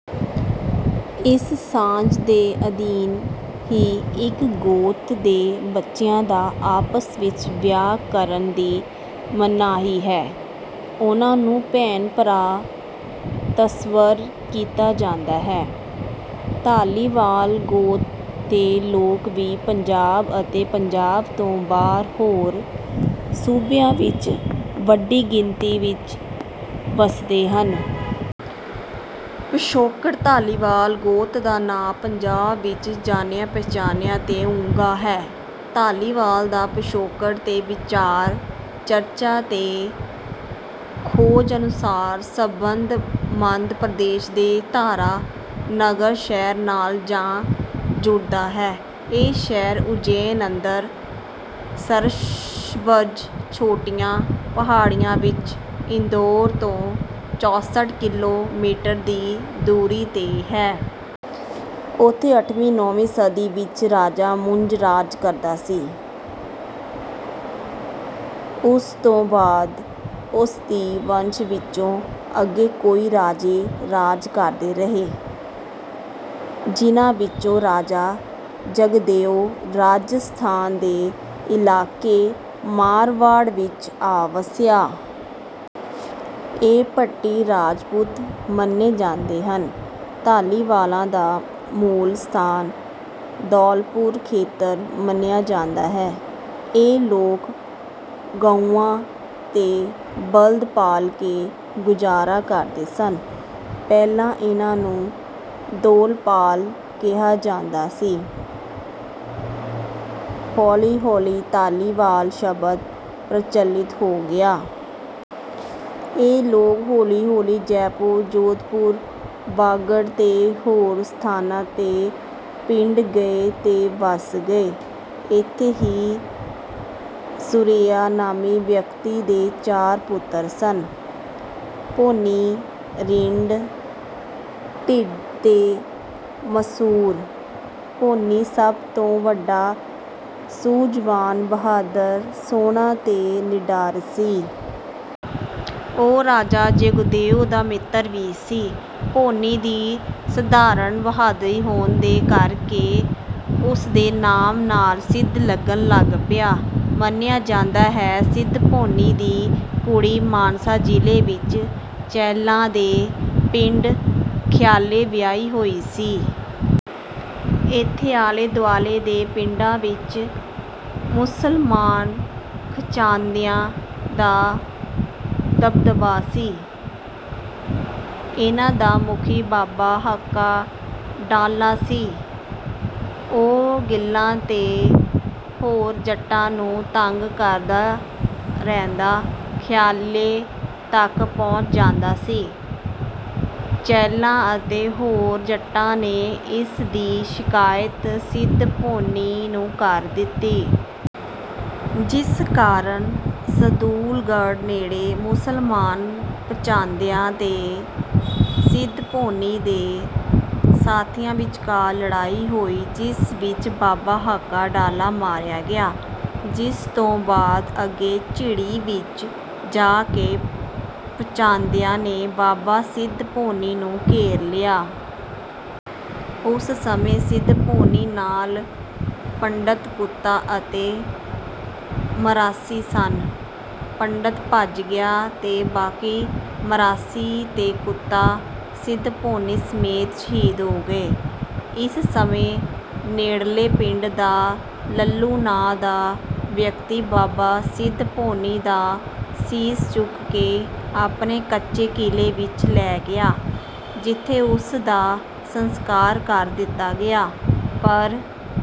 ਇਸ ਸਾਂਝ ਦੇ ਅਧੀਨ ਹੀ ਇੱਕ ਗੋਤ ਦੇ ਬੱਚਿਆਂ ਦਾ ਆਪਸ ਵਿੱਚ ਵਿਆਹ ਕਰਨ ਦੀ ਮਨਾਹੀ ਹੈ। ਉਨ੍ਹਾਂ ਨੂੰ ਭੈਣ ਭਰਾ ਤਸੱਵਰ ਕੀਤਾ ਜਾਂਦਾ ਹੈ। ਧਾਲੀਵਾਲ ਗੋਤ ਦੇ ਲੋਕ ਵੀ ਪੰਜਾਬ ਅਤੇ ਪੰਜਾਬ ਤੋਂ ਬਾਹਰ ਹੋਰ ਸੂਬਿਆਂ ਵਿੱਚ ਵੱਡੀ ਗਿਣਤੀ ਵਿੱਚ ਵਸਦੇ ਹਨ। ਪਿਛੋਕੜ ਧਾਲੀਵਾਲ ਗੋਤ ਦਾ ਨਾਂ ਪੰਜਾਬ ਵਿੱਚ ਜਾਣਿਆ ਪਛਾਣਿਆ ਤੇ ਉੱਘਾ ਹੈ। ਧਾਲੀਵਾਲਾਂ ਦਾ ਪਿਛੋਕੜ ਤੇ ਵਿਚਾਰ ਚਰਚਾ ਤੇ ਖੋਜ ਅਨੁਸਾਰ ਸੰਬੰਧ ਮੱਧ ਪ੍ਰਦੇਸ਼ ਦੇ ਧਾਰਾ ਨਗਰ ਸ਼ਹਿਰ ਨਾਲ ਜਾ ਜੁੜਦਾ ਹੈ। ਇਹ ਸ਼ਹਿਰ ਉਜੈਨ ਅੰਦਰ ਸਰਸ਼ਬਜ ਛੋਟੀਆਂ ਪਹਾੜੀਆਂ ਵਿੱਚ ਇੰਦੋਰ ਤੋਂ ਚੌਸਠ ਕਿਲੋਮੀਟਰ ਦੀ ਦੂਰੀ ਤੇ ਹੈ। ਉਥੇ ਅੱਠਵੀਂ ਨੌਵੀਂ ਸਦੀ ਵਿੱਚ ਰਾਜਾ ਮੁੰਜ ਰਾਜ ਕਰਦਾ ਸੀ। ਉਸ ਤੋਂ ਬਾਅਦ ਉਸ ਦੀ ਵੰਸ਼ ਵਿੱਚੋਂ ਅੱਗੇ ਕਈ ਰਾਜੇ ਰਾਜ ਕਰਦੇ ਰਹੇ। ਜਿਹਨਾਂ ਵਿੱਚੋਂ ਰਾਜਾ ਜਗਦੇਉ ਰਾਜਸਥਾਨ ਦੇ ਇਲਾਕੇ ਮਾਰਵਾੜ ਵਿੱਚ ਆ ਵਸਿਆ। ਇਹ ਭੱਟੀ ਰਾਜਪੂਤ ਮੰਨੇ ਜਾਂਦੇ ਹਨ। ਧਾਲੀਵਾਲਾਂ ਦਾ ਮੂਲ ਸਥਾਨ ਧੌਲਪੁਰ ਖੇਤਰ ਮੰਨਿਆ ਜਾਂਦਾ ਹੈ। ਇਹ ਲੋਕ ਗਊਆਂ ਤੇ ਬਲਦ ਪਾਲ ਕੇ ਗੁਜਾਰਾ ਕਰਦੇ ਸਨ ਪਹਿਲਾਂ ਇਹਨਾਂ ਨੂੰ ਧੌਲਪਾਲ ਕਿਹਾ ਜਾਂਦਾ ਸੀ। ਹੌਲੀ ਹੌਲੀ ਧਾਲੀਵਾਲ ਸ਼ਬਦ ਪ੍ਰਚਲਿਤ ਹੋ ਗਿਆ। ਇਹ ਲੋਕ ਹੌਲੀ ਹੌਲੀ ਜੈਪੁਰ ਜੋਧਪੁਰ ਬਾਗੜ ਤੇ ਹੋਰ ਸਥਾਨਾਂ ਤੇ ਖਿੰਡ ਗਏ ਤੇ ਵਸ ਗਏ। ਇੱਥੇ ਹੀ ਸੁਰੇਆ ਨਾਮੀ ਵਿਅਕਤੀ ਦੇ ਚਾਰ ਪੁੱਤਰ ਸਨ ਭੋਇੰ ਰਿੰਡ ਟਿੱਡ ਤੇ ਮਸੂਰ। ਭੋਇੰ ਸਭ ਤੋਂ ਵੱਡਾ ਸੂਝਵਾਨ ਬਹਾਦਰ ਸੋਹਣਾ ਤੇ ਨਿੱਡਰ ਸੀ। ਉਹ ਰਾਜਾ ਜਗਦੇਉ ਦਾ ਮਿੱਤਰ ਵੀ ਸੀ। ਭੋਇੰ ਦੀ ਅਸਾਧਾਰਨ ਬਹਾਦਰੀ ਹੋਣ ਕਰ ਕੇ ਉਸ ਦੇ ਨਾਮ ਨਾਲ ਸਿੱਧ ਲੱਗਣ ਲੱਗ ਪਿਆ। ਮੰਨਿਆ ਜਾਂਦਾ ਹੈ ਸਿੱਧ ਭੋਇੰ ਦੀ ਕੁੜੀ ਮਾਨਸਾ ਜਿਲ੍ਹੇ ਵਿੱਚ ਚਹਿਲਾਂ ਦੇ ਪਿੰਡ ਖਿਆਲੇ ਵਿਆਹੀ ਹੋਈ ਸੀ। ਇੱਥੇ ਆਲੇ ਦੁਆਲੇ ਦੇ ਪਿੰਡਾਂ ਵਿੱਚ ਮੁਸਲਮਾਨ ਖੱਚਾਹਦਿਆਂ ਦਾ ਦਬਦਬਾ ਸੀ। ਇਹਨਾਂ ਦਾ ਮੁਖੀ ਬਾਬਾ ਹੱਕਾ ਡਾਲਾ ਸੀ। ਉਹ ਗਿੱਲਾਂ ਤੇ ਹੋਰ ਜੱਟਾਂ ਨੂੰ ਤੰਗ ਕਰਦਾ ਕਰਦਾ ਖਿਆਲੇ ਤੱਕ ਪਹੁੰਚ ਜਾਂਦਾ ਸੀ। ਚਹਿਲਾਂ ਅਤੇ ਹੋਰ ਜੱਟਾਂ ਨੇ ਇਸ ਦੀ ਸ਼ਿਕਾਇਤ ਸਿੱਧ ਭੋਇੰ ਨੂੰ ਕਰ ਦਿੱਤੀ। ਜਿਸ ਕਾਰਨ ਸਰਦੂਲਗੜ੍ਹ ਨੇੜੇ ਮੁਸਲਮਾਨ ਪਚਾਹਦਿਆਂ ਤੇ ਸਿੱਧ ਭੋਇੰ ਦੇ ਸਾਥੀਆਂ ਵਿਚਕਾਰ ਲੜਾਈ ਹੋਈ ਜਿਸ ਵਿੱਚ ਬਾਬਾ ਹੱਕਾ ਡਾਲਾ ਮਾਰਿਆ ਗਿਆ। ਇਸ ਤੋਂ ਬਾਅਦ ਅੱਗੇ ਝਿੜੀ ਵਿੱਚ ਜਾ ਕੇ ਪਚਾਹਦਿਆਂ ਨੇ ਬਾਬਾ ਸਿੱਧ ਭੋਇੰ ਨੂੰ ਘੇਰ ਲਿਆ। ਉਸ ਸਮੇਂ ਸਿੱਧ ਭੋਇੰ ਨਾਲ ਪੰਡਤ ਕੁੱਤਾ ਅਤੇ ਮਰਾਸੀ ਸਨ। ਪੰਡਤ ਭੱਜ ਗਿਆ ਤੇ ਬਾਕੀ ਮਰਾਸੀ ਤੇ ਕੁੱਤਾ ਸਿੱਧ ਭੋਇੰ ਸਮੇਤ ਸ਼ਹੀਦ ਹੋ ਗਏ। ਇਸ ਸਮੇਂ ਨੇੜਲੇ ਪਿੰਡ ਦਾ ਲੱਲੂ ਨਾਂ ਦਾ ਵਿਅਕਤੀ ਬਾਬਾ ਸਿੱਧ ਭੋਇੰ ਦਾ ਸੀਸ ਚੁੱਕ ਕੇ ਆਪਣੇ ਕੱਚੇ ਕਿਲ੍ਹੇ ਵਿੱਚ ਲੈ ਗਿਆ ਜਿੱਥੇ ਉਸ ਦਾ ਸੰਸਕਾਰ ਕਰ ਦਿੱਤਾ ਗਿਆ। ਪਰ